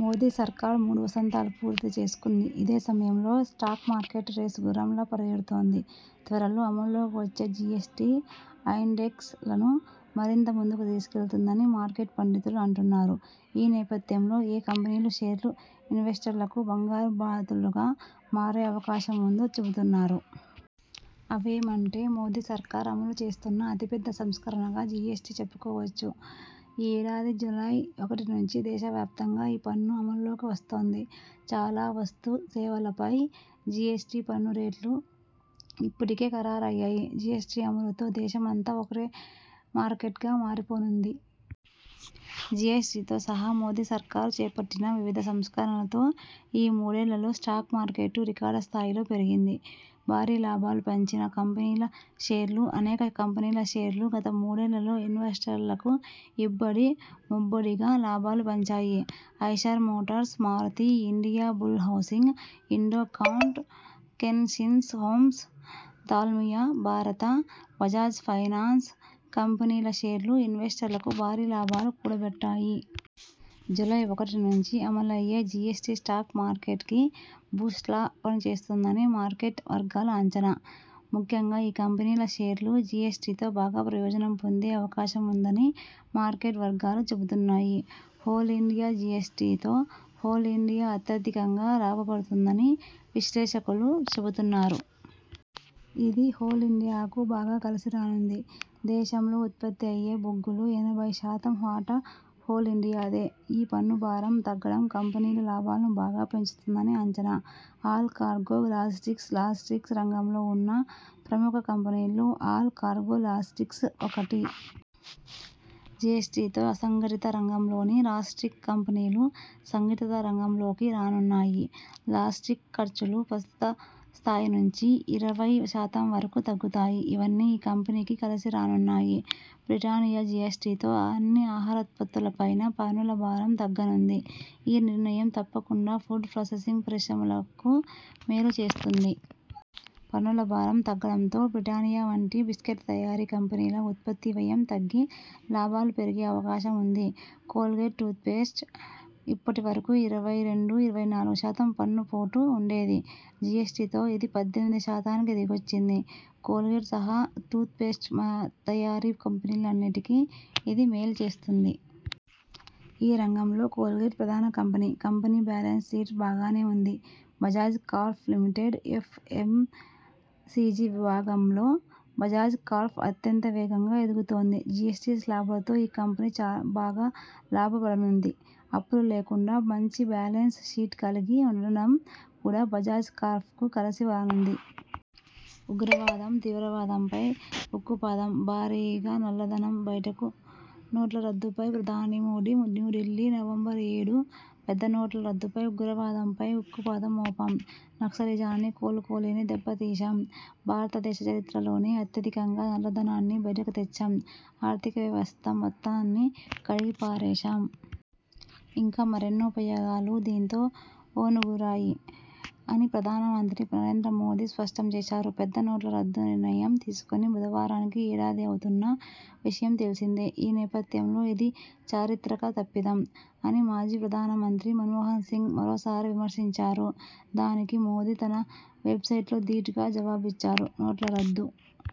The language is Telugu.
మోదీ సర్కార్ మూడు వసంతాలు పూర్తి చేసుకుంది. ఇదే సమయంలో స్టాక్ మార్కెట్ రేసు గుర్రంలా పరుగెడుతోంది. త్వరలో అమల్లోకి వచ్చే జిఎ్సటి, ఇండెక్స్ లను మరింత ముందుకు తీసుకెళుతుందని మార్కెట్ పండితులు అంటున్నారు. ఈ నేపథ్యంలో ఏ కంపెనీల షేర్లు ఇన్వెస్టర్లకు బంగారు బాతులుగా మారే అవకాశం ఉందో చెబుతున్నారు. అవేమంటే..? మోదీ సర్కార్ అమలు చేస్తున్న అతి పెద్ద సంస్కరణగా జిఎస్టిని చెప్పుకోవచ్చు. ఈ ఏడాది జూలై ఒకటి నుంచి దేశ వ్యాప్తంగా ఈ పన్ను అమల్లోకి వస్తోంది. చాలా వస్తు, సేవలపై జిఎస్టి పన్ను రేట్లు ఇప్పటికే ఖరారయ్యాయి. జిఎ్సటి అమలుతో దేశమంతా ఒకే మార్కెట్గా మారిపోనుంది. జిఎస్టితో సహా మోదీ సర్కార్ చేపట్టిన వివిధ సంస్కరణలతో ఈ మూడేళ్లలో స్టాక్ మార్కెట్టూ రికార్డు స్థాయిలో పెరిగింది. భారీ లాభాలు పంచిన కంపెనీల షేర్లు అనేక కంపెనీల షేర్లు గత మూడేళ్లలో ఇన్వెస్టర్లకు ఇబ్బడి ముబ్బడిగా లాభాలు పంచాయి. Eicher Motors, Maruti, India Bull Housing, Indo Count, Can Fins Homes, Dalmia Bharat, Bajaj finance కంపెనీల షేర్లూ ఇన్వెస్టర్లకు భారీ లాభాలు కూడబెట్టాయి. జూలై ఒకటి నుంచి అమలయ్యే జిఎ్సటి స్టాక్ మార్కెట్కీ బూస్ట్లా పని చేస్తుందని మార్కెట్ వర్గాల అంచనా. ముఖ్యంగా ఈ కంపెనీల షేర్లు జిఎ్సటితో బాగా ప్రయోజనం పొందే అవకాశం ఉందని మార్కెట్ వర్గాలు చెబుతున్నాయి. హోల్ ఇండియా జిఎస్టితో హోల్ ఇండియా అత్యధికంగా లాభపడుతుందని విశ్లేషకులు చెబుతున్నారు. ఇది హోల్ ఇండియాకు బాగా కలిసి రానుంది. దేశంలో ఉత్పత్తి అయ్యే బొగ్గులో ఎనభై శాతం వాటా హోల్ ఇండియాదే. ఈ పన్ను భారం తగ్గడం కంపెనీ లాభాలను బాగా పెంచుతుందని అంచనా. ఆల్ కార్గో లాజిస్టిక్స్లాజిస్టిక్స్ రంగంలో ఉన్న ప్రముఖ కంపెనీల్లో ఆల్ కార్గో లాజిస్టిక్స్ ఒకటి. జిఎస్టితో అసంఘటిత రంగంలోని లాజిస్టిక్ కంపెనీలూ సంఘటిత రంగంలోకి రానున్నాయి. లాజిస్టిక్ ఖర్చులూ ప్రస్తుత స్థాయి నుంచి ఇరవై శాతం వరకు తగ్గుతాయి. ఇవన్నీ ఈ కంపెనీకి కలిసి రానున్నాయి. బ్రిటానియా జిఎ్సటితో అన్ని ఆహారోత్పత్తుల పైనా పన్నుల భారం తగ్గనుంది. ఈ నిర్ణయం తప్పకుండా ఫుడ్ ప్రాసెసింగ్ పరిశ్రమలకు మేలు చేస్తుంది. పన్నుల భారం తగ్గడంతో బ్రిటానియా వంటి బిస్కట్ల తయారీ కంపెనీల ఉత్పత్తి వ్యయం తగ్గి లాభాలు పెరిగే అవకాశం ఉంది. కోల్గేట్టూత్ పేస్టుపై ఇప్పటి వరకు ఇరవై రెండు-ఇరవై నాలుగు శాతం పన్ను పోటు ఉండేది. జిఎ్సటితో ఇది పద్దెనిమిది శాతానికి దిగొచ్చింది. కోల్గేట్ సహా టూత పేస్టు తయారీ కంపెనీలన్నిటికి ఇది మేలు చేస్తుంది. ఈ రంగంలో కోల్గేట్ ప్రధాన కంపెనీ. కంపెనీ బ్యాలెన్స్ షీటూ బాగానే ఉంది. బజాజ్ కార్ప్ లిమిటెడ్ ఎఫ్ఎంసిజి విభాగంలో బజాజ్ కార్ప్ అత్యంత వేగంగా ఎదుగుతోంది. జిఎస్టి శ్లాబులతో ఈ కంపెనీ బాగా లాభపడనుంది. అప్పులు లేకుండా మంచి బ్యాలెన్స్ షీట్ కలిగి ఉండడం కూడా బజాజ్ కార్ప్కు కలిసి రానుంది. ఉగ్రవాదం, తీవ్రవాదంపై ఉక్కుపాదం.. భారీగా నల్ల ధనం బయటకు నోట్ల రద్దుపై ప్రధాని మోదీ న్యూఢిల్లీ, నవంబరు ఏడు ''పెద్ద నోట్ల రద్దుతో ఉగ్రవాదంపై ఉక్కుపాదం మోపాం. నక్సలిజాన్ని కోలుకోలేని దెబ్బతీశాం. భారతదేశ చరిత్రలోనే అత్యధికంగా నల్ల ధనాన్ని బయటకు తెచ్చాం. ఆర్థిక వ్యవస్థ మొత్తాన్ని కడిగి పారేశాం. ఇంకా మరెన్నో ఉపయోగాలు దీంతో ఒనగూరాయి'' అని ప్రధాన మంత్రి నరేంద్ర మోదీ స్పష్టం చేశారు. పెద్ద నోట్ల రద్దు నిర్ణయం తీసుకుని బుధవారానికి ఏడాది అవుతున్న విషయం తెలిసిందే. ఈ నేపథ్యంలో, ఇది 'చారిత్రక తప్పిదం' అని మాజీ ప్రధాన మంత్రి మన్మోహన్ సింగ్ మరోసారి విమర్శించారు. దానికి మోదీ తన వెబ్సైట్లో దీటుగా జవాబిచ్చారు. నోట్ల రద్దు